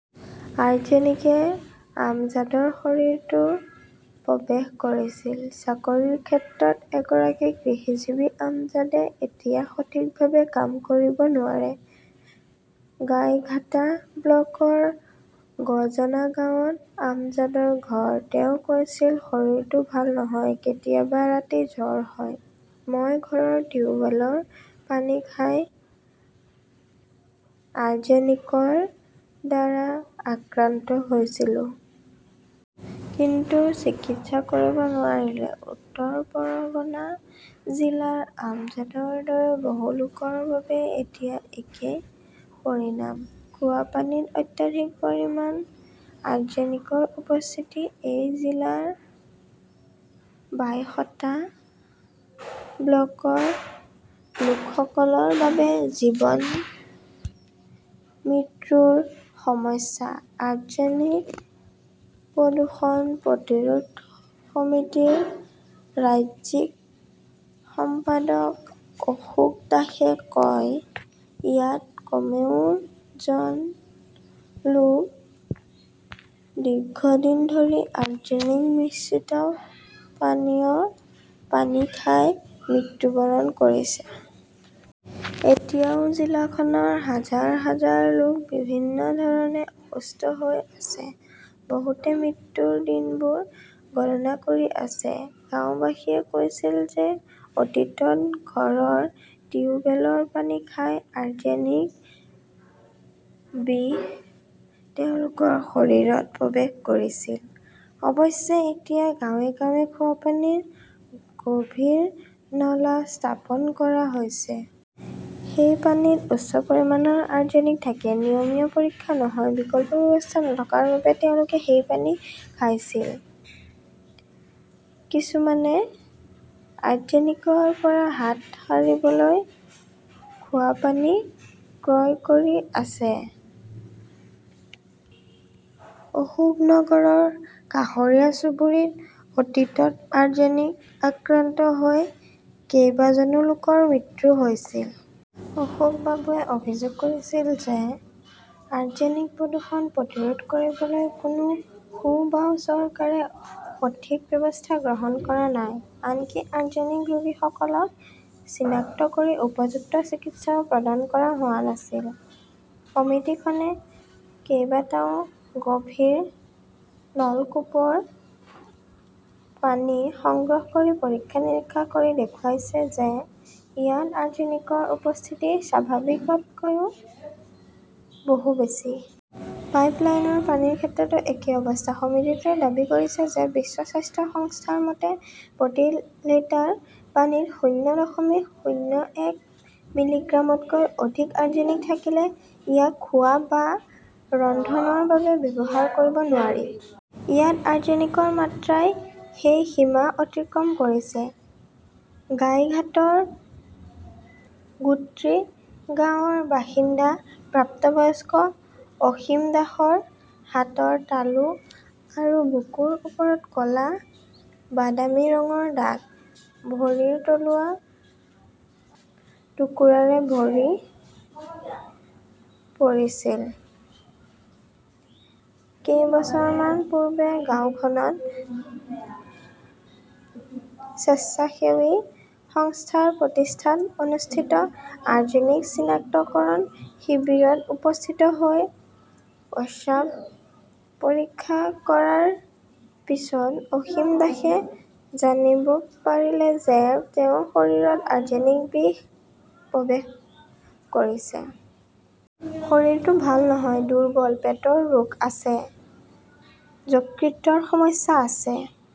আৰ্ছেনিকে আমজাদৰ শৰীৰতো প্ৰৱেশ কৰিছিল। চাকৰিৰ ক্ষেত্ৰত এগৰাকী কৃষিজীৱী আমজাদে এতিয়া সঠিকভাৱে কাম কৰিব নোৱাৰে। গাইঘাটা ব্লকৰ গজনা গাঁৱত আমজাদৰ ঘৰ। তেওঁ কৈছিল, "শৰীৰটো ভাল নহয়। কেতিয়াবা ৰাতি জ্বৰ হয়। মই ঘৰৰ টিউবৱেলৰ পানী খাই আৰ্জেনিকৰ দ্বাৰা আক্ৰান্ত হৈছিলোঁ। কিন্তু চিকিৎসা কৰিব নোৱাৰিলো"। উত্তৰ পৰগনা জিলাৰ আমজাদৰ দৰে বহু লোকৰ বাবে এতিয়া একেই পৰিণাম। খোৱাপানীত অত্যাধিক পৰিমাণ আৰ্জেনিকৰ উপস্থিতি এই জিলাৰ বাইশটা ব্লকৰ লোকসকলৰ বাবে জীৱন-মৃত্যুৰ সমস্যা। আৰ্জেনিক প্ৰদূষণ প্ৰতিৰোধ সমিতিৰ ৰাজ্যিক সম্পাদক অশোক দাসে কয়, "ইয়াত কমেও জন লোক দীৰ্ঘদিন ধৰি আৰ্জেনিক মিশ্ৰিত পানীয় পানী খাই মৃত্যুবৰণ কৰিছে। এতিয়াও জিলাখনৰ হাজাৰ হাজাৰ লোক বিভিন্ন ধৰণে অসুস্থ হৈ আছে"। বহুতে মৃত্যুৰ দিনবোৰ গণনা কৰি আছে। গাওঁবাসীয়ে কৈছিল যে, অতীতত ঘৰৰ টিউবৱেলৰ পানী খাই আৰ্জেনিক বিষ তেওঁলোকৰ শৰীৰত প্ৰৱেশ কৰিছিল। অৱশ্যে, এতিয়া গাঁৱে গাঁৱে খোৱাপানীৰ গভীৰ নলা স্থাপন কৰা হৈছে। সেই পানীত উচ্চ পৰিমাণৰ আৰ্ছেনিক থাকে। নিয়মীয়া পৰীক্ষা নহয়। বিকল্প ব্যৱস্থা নথকাৰ বাবে তেওঁলোকে সেই পানী খাইছিল। কিছুমানে আৰ্জেনিকৰ পৰা হাত সাৰিবলৈ খোৱাপানী ক্ৰয় কৰি আছে। অশোকনগৰৰ কাষৰীয়া চুবুৰীত অতীতত আৰ্জেনিক আক্ৰান্ত হৈ কেইবাজনো লোকৰ মৃত্যু হৈছিল। অশোক বাবুৱে অভিযোগ কৰিছিল যে, আৰ্জেনিক প্ৰদূষণ প্ৰতিৰোধ কৰিবলৈ কোনো সোঁ-বাওঁ চৰকাৰে সঠিক ব্যৱস্থা গ্ৰহণ কৰা নাই। আনকি আৰ্জেনিক ৰোগীসকলক চিনাক্ত কৰি উপযুক্ত চিকিৎসাও প্ৰদান কৰা হোৱা নাছিল। সমিতিখনে কেইবাটাও গভীৰ নলকূপৰ পানী সংগ্ৰহ কৰি পৰীক্ষা-নিৰীক্ষা কৰি দেখুৱাইছে যে ইয়াত আৰ্জেনিকৰ উপস্থিতি স্বাভাৱিকতকৈ বহু বেছি। পাইপ লাইনৰ পানীৰ ক্ষেত্ৰতো একেই অৱস্থা। সমিতিটোৱে দাবী কৰিছে যে, বিশ্ব স্বাস্থ্য সংস্থাৰ মতে, প্ৰতি লিটাৰ পানীত শূন্য দশমিক শূন্য এক মিলিগ্ৰামতকৈ অধিক আৰ্জেনিক থাকিলে ইয়াক খোৱা বা ৰন্ধনৰ বাবে ব্যৱহাৰ কৰিব নোৱাৰি। ইয়াত আৰ্ছেনিকৰ মাত্ৰাই সেই সীমা অতিক্ৰম কৰিছে। গাইঘাটৰ গুট্ৰি গাঁৱৰ বাসিন্দা প্ৰাপ্তবয়স্ক অসীম দাসৰ হাতৰ তালু আৰু বুকুৰ ওপৰত ক 'লা-বাদামী ৰঙৰ দাগ। ভৰিৰ তলুৱা টুকুৰাৰে ভৰি পৰিছিল। কেইবছৰমান পূৰ্বে গাওঁখনত স্বেচ্ছাসেৱী সংস্থাৰ প্ৰচেষ্টাত অনুষ্ঠিত আৰ্ছেনিক চিনাক্তকৰণ শিবিৰত উপস্থিত হৈ প্ৰস্ৰাৱ পৰীক্ষা কৰাৰ পিছত অসীম দাসে জানিব পাৰিলে যে, তেওঁৰ শৰীৰত আৰ্ছেনিক বিষ প্ৰৱেশ কৰিছে। "শৰীৰটো ভাল নহয়, দুৰ্বল, পেটৰ ৰোগ আছে। যকৃতৰ সমস্যা আছে"।